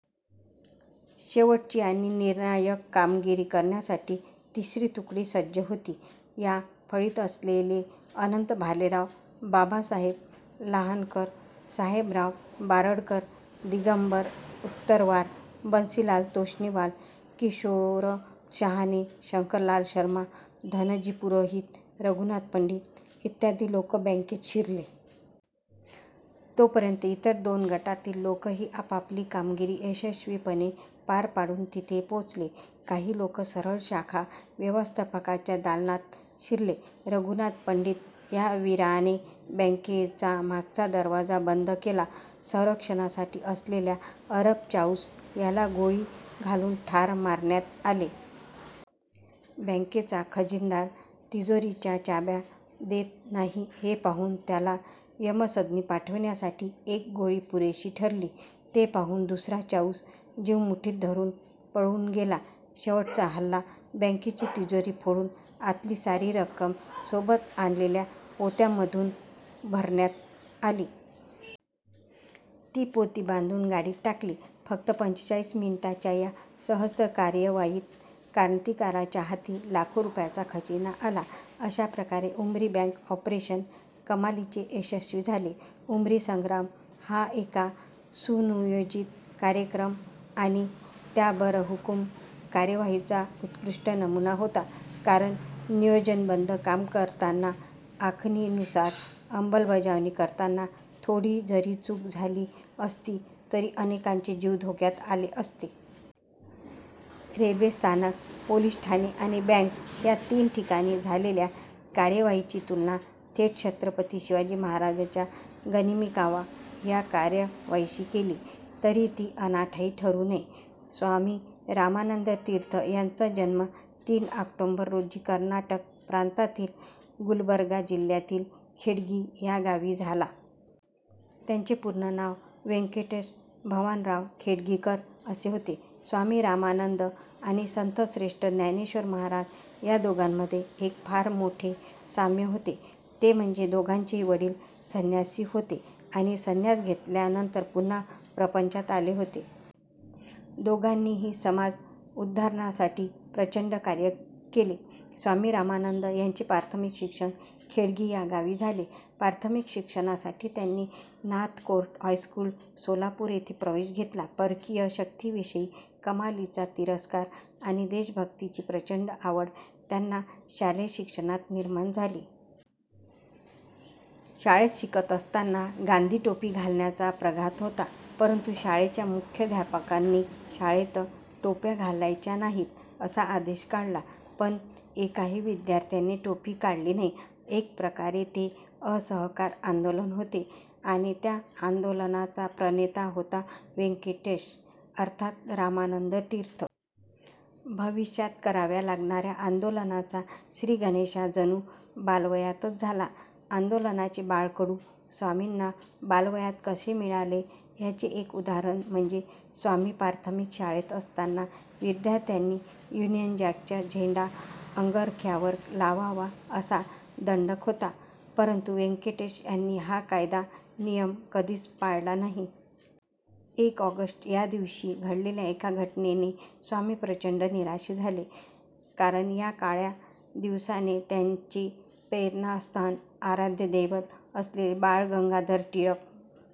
शेवटची आणि निर्णायक कामगिरी करण्यासाठी तिसरी तुकडी सज्ज होती. या फळीत असलेले अनंत भालेराव, बाबासाहेब लहानकर, साहेबराव बारडकर, दिगंबर उत्तरवार, बन्सीलाल तोष्णीवाल, किशोर शहाणे, शंकरलाल शर्मा, धनजी पुरोहित, रघुनाथ पंडित इत्यादी लोक बँकेत शिरले. तोपर्यंत इतर दोन गटातील लोकही आपापली कामगिरी यशस्वीपणे पार पाडून तिथे पोहोचले. काही लोक सरळ शाखा व्यवस्थापकाच्या दालनात शिरले. रघुनाथ पंडित या वीराने बँकेचा मागचा दरवाजा बंद केला. संरक्षणासाठी असलेल्या अरब चाऊस याला गोळी घालून ठार मारण्यात आले. बँकेचा खजिनदार तिजोरीच्या चाव्या देत नाही हे पाहून त्याला यमसदनी पाठविण्यासाठी एक गोळी पुरेशी ठरली. ते पाहून दुसरा चाऊस जीव मुठीत धरून पळून गेला. शेवटचा हल्ला! बँकेची तिजोरी फोडून आतली सारी रक्कम सोबत आणलेल्या पोत्यांमधून भरण्यात आली. ती पोती बांधून गाडीत टाकली. फक्त पंचेचाळीस मिनिटांच्या या सहस्त्र कार्यवाहीत क्रांतिकाराच्या हाती लाखो रुपयांचा खजिना आला. अशाप्रकारे उमरी बँक ऑपरेशन कमालीचे यशस्वी झाले. उमरी संग्राम हा एका सुनियोजित कार्यक्रम आणि त्याबरहुकूम कार्यवाहीचा उत्कृष्ट नमुना होता, कारण नियोजनबद्ध काम करताना, आखणीनुसार अंमलबजावणी करताना थोडी जरी चूक झाली असती, तरी अनेकांचे जीव धोक्यात आले असते. रेल्वेस्थानक, पोलीस ठाणे आणि बँक या तीन ठिकाणी झालेल्या कार्यवाहीची तुलना थेट छत्रपती शिवाजी महाराजाच्या गनिमी कावा या कारवाईशी केली, तर ती अनाठायी ठरू नये. स्वामी रामानंद तीर्थ यांचा जन्म तीन ऑक्टोंबर रोजी कर्नाटक प्रांतातील गुलबर्गा जिल्ह्यातील खेडगी या गावी झाला. त्यांचे पूर्ण नाव व्यंकटेश भवानराव खेडगीकर असे होते. स्वामी रामानंद आणि संतश्रेष्ठ ज्ञानेश्वर महाराज या दोघांमध्ये एक फार मोठे साम्य होते, ते म्हणजे दोघांचेही वडील संन्यासी होते आणि संन्यास घेतल्यानंतर पुन्हा प्रपंचात आले होते. दोघांनीही समाज उद्धारनासाठी प्रचंड कार्य केले. स्वामी रामानंद यांचे पारथमिक शिक्षण खेडगी या गावी झाले. पारथमिक शिक्षणासाठी त्यांनी नॉर्थकोट हायस्कूल, सोलापूर येथे प्रवेश घेतला. परकीय शक्तीविषयी कमालीचा तिरस्कार आणि देशभक्तीची प्रचंड आवड त्यांना शालेय शिक्षणात निर्माण झाली. शाळेत शिकत असताना गांधी टोपी घालण्याचा प्रघात होता, परंतु शाळेच्या मुख्याध्यापकांनी शाळेत टोप्या घालायच्या नाहीत असा आदेश काढला. पण एकाही विद्यार्थ्याने टोपी काढली नाही. एकप्रकारे ते असहकार आंदोलन होते आणि त्या आंदोलनाचा प्रणेता होता व्यंकटेश अर्थात रामानंद तीर्थ. भविष्यात कराव्या लागणाऱ्या आंदोलनाचा श्रीगणेशा जणू बालवयातच झाला. आंदोलनाचे बाळकडू स्वामींना बालवयात कसे मिळाले, ह्याचे एक उदाहरण म्हणजे स्वामी पारथमिक शाळेत असताना विद्यार्थ्यांनी युनियन जॅकचा झेंडा अंगरख्यावर लावावा असा दंडक होता, परंतु व्यंकटेश यांनी हा कायदा, नियम कधीच पाळला नाही. एक ऑगस्ट या दिवशी घडलेल्या एका घटनेने स्वामी प्रचंड निराश झाले, कारण या काळ्या दिवसाने त्यांची पेरणास्थान, आराध्य दैवत असलेले बाळ गंगाधर टिळक.